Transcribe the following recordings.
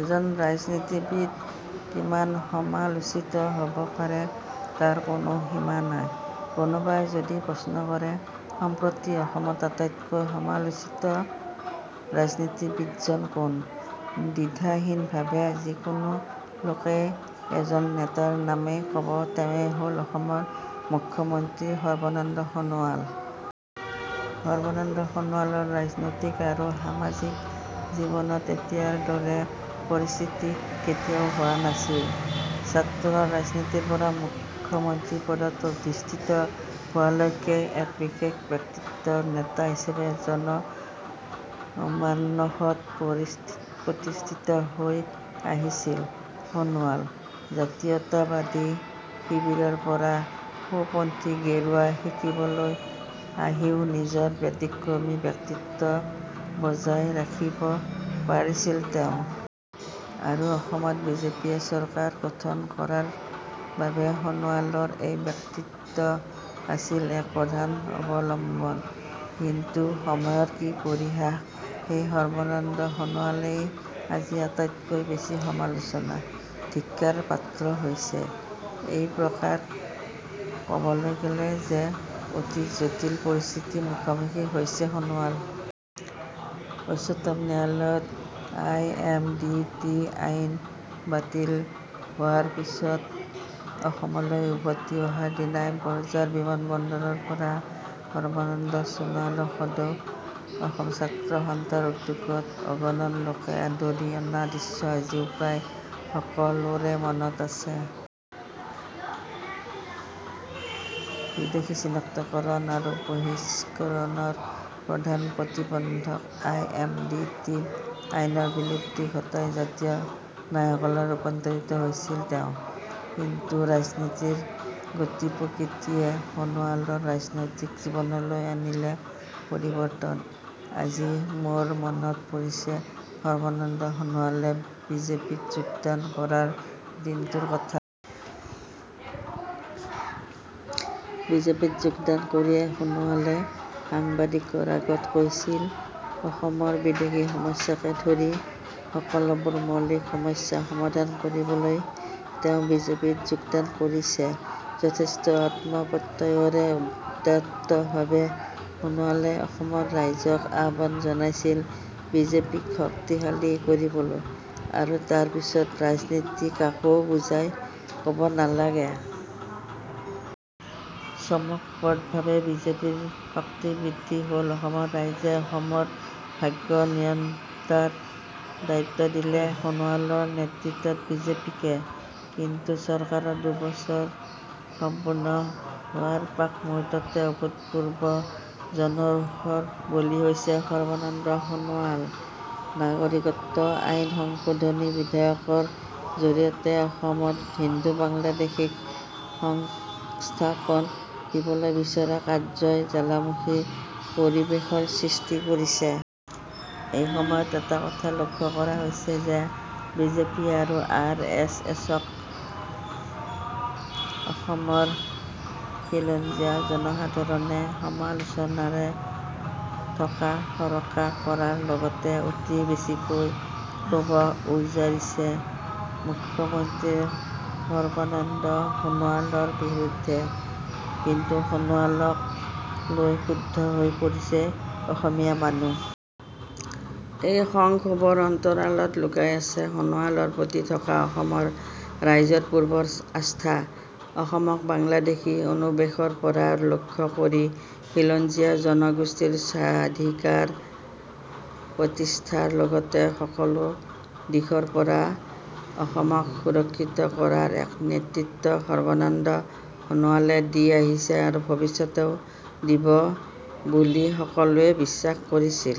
এজন ৰাজনীতিবিদ কিমান সমালোচিত হ'ব পাৰে তাৰ কোনো সীমা নাই। কোনোবাই যদি প্ৰশ্ন কৰে, সম্প্ৰতি অসমত আটাইতকৈ সমালোচিত ৰাজনীতিবিদজন কোন? দ্বিধাহীনভাৱে যিকোনো লোকেই এজন নেতাৰ নামেই ক'ব, তেৱেঁই হ'ল অসমৰ মুখ্য মন্ত্ৰী সৰ্বানন্দ সোণোৱাল। সৰ্বানন্দ সোণোৱালৰ ৰাজনৈতিক আৰু সামাজিক জীৱনত এতিয়াৰ দৰে পৰিস্থিতি কেতিয়াও হোৱা নাছিল। ছাত্ৰ ৰাজনীতিৰ পৰা মুখ্য মন্ত্ৰী পদত অধিষ্ঠিত হোৱালৈকে এক বিশেষ ব্যক্তিত্বৰ নেতা হিচাপে জনমানসত প্ৰতিষ্ঠিত হৈ আহিছিল সোণোৱাল। জাতীয়তাবাদী শিবিৰৰ পৰা সোঁপন্থী গেৰুৱা শিতিবৰলৈ আহিও নিজৰ ব্যতিক্ৰমী ব্যক্তিত্ব বজাই ৰাখিব পাৰিছিল তেওঁ। আৰু অসমত বিজেপিয়ে চৰকাৰ গঠন কৰাৰ বাবে সোণোৱালৰ এই ব্যক্তিত্ব আছিল এক প্ৰধান অৱলম্বন। কিন্তু সময়ৰ কি পৰিহাস, সেই সৰ্বানন্দ সোণোৱালেই আজি আটাইতকৈ বেছি সমালোচনা, ধিক্কাৰ পাত্ৰ হৈছে। এই প্ৰকাৰ ক'বলৈ গ'লে এক অতি জটিল পৰিস্থিতিৰ মুখামুখি হৈছে সোণোৱাল। উচ্চতম ন্যায়ালয়ত আই এম ডি টি আইন বাতিল হোৱাৰ পিছত অসমলৈ উভতি অহাৰ দিনা বৰঝাৰ বিমান বন্দৰৰ পৰা সৰ্বানন্দ সোণোৱালক সদৌ অসম ছাত্ৰ সন্থাৰ উদ্যোগত অগণন লোকে আদৰি অনা দৃশ্য আজিও প্ৰায় সকলোৰে মনত আছে। বিদেশী চিনাক্তকৰণ আৰু বহিষ্কৰণৰ প্ৰধান প্ৰতিবন্ধক আই এম ডি টি আইনৰ বিলুপ্তি ঘটাই জাতীয় নায়কলৈ ৰূপান্তৰিত হৈছিল তেওঁ। কিন্তু ৰাজনীতিৰ গতিপ্ৰকৃতিয়ে সোণোৱালৰ ৰাজনৈতিক জীৱনলৈও আনিলে পৰিৱৰ্তন। আজি মোৰ মনত পৰিছে সৰ্বানন্দ সোণোৱালে বিজেপিত যোগদান কৰাৰ দিনটোৰ কথা। বিজেপিত যোগদান কৰিয়েই সোণোৱালে সাংবাদিকৰ আগত কৈছিল অসমৰ বিদেশী সমস্যাকে ধৰি সকলোবোৰ মৌলিক সমস্যা সমাধান কৰিবলৈ তেওঁ বিজেপিত যোগদান কৰিছে। যথেষ্ট আত্মপ্ৰত্যয়ৰে উদাত্তভাৱে সোণোৱালে অসমৰ ৰাইজক আহ্বান জনাইছিল বিজেপিক শক্তিশালী কৰিবলৈ। আৰু তাৰ পিছৰ ৰাজনীতি কাকো বুজাই ক'ব নালাগে। চমকপ্ৰদভাৱে বিজেপিৰ শক্তি বৃদ্ধি হ'ল। অসমৰ ৰাইজে অসমৰ ভাগ্য নিয়ন্তাৰ দায়িত্ব দিলে সোণোৱালৰ নেতৃত্বত বিজেপিকে। কিন্তু চৰকাৰৰ দুবছৰ সম্পূৰ্ণ হোৱাৰ প্ৰাক মুহূৰ্তত অভূতপূৰ্ব জনৰোষৰ বলি হৈছে সৰ্বানন্দ সোণোৱাল। নাগৰিকত্ব আইন সংশোধনী বিধেয়কৰ জৰিয়তে অসমত হিন্দু বাংলাদেশীক সংস্থাপন দিবলৈ বিচৰা কাৰ্যই জ্বালামুখী পৰিৱেশৰ সৃষ্টি কৰিছে। এই সময়ত এটা কথা লক্ষ্য কৰা হৈছে যে বিজেপি আৰু আৰ এছ এছক অসমৰ খিলঞ্জীয়া জনসাধাৰণে সমালোচনাৰে থকাসৰকা কৰাৰ লগতে অতি বেছিকৈ ক্ষোভ উজাৰিছে মুখ্য মন্ত্ৰী সৰ্বানন্দ সোণোৱালৰ বিৰুদ্ধে। কিন্তু সোণোৱালক লৈ ক্ষুব্ধ হৈ পৰিছে অসমীয়া মানুহ? এই খং-ক্ষোভৰ অন্তৰালত লুকাই আছে সোণোৱালৰ প্ৰতি থকা অসমৰ ৰাইজৰ পূৰ্বৰ আস্থা। অসমক বাংলাদেশী অনুৱেশৰ পৰা ৰক্ষা কৰি খিলঞ্জীয়া জনগোষ্ঠীৰ স্বাধিকাৰ প্ৰতিষ্ঠাৰ লগতে সকলো দিশৰ পৰা অসমক সুৰক্ষিত কৰাৰ এক নেতৃত্ব সৰ্বানন্দ সোণোৱালে দি আহিছে আৰু ভৱিষ্যতেও দিব বুলি সকলোৱে বিশ্বাস কৰিছিল।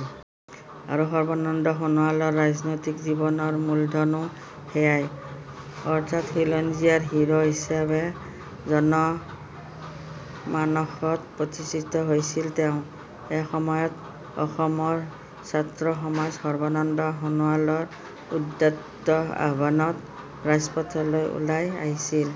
আৰু সৰ্বানন্দ সোণোৱালৰ ৰাজনৈতিক জীৱনৰ মূলধনো সেয়াই। অৰ্থাৎ খিলঞ্জীয়াৰ হিৰ' হিচাপে জনমানসত প্ৰতিষ্ঠিত হৈছিল তেওঁ। এসময়ত অসমৰ ছাত্ৰ সমাজ সৰ্বানন্দ সোণোৱালৰ উদাত্ত আহ্বানত ৰাজপথলৈ ওলাই আহিছিল।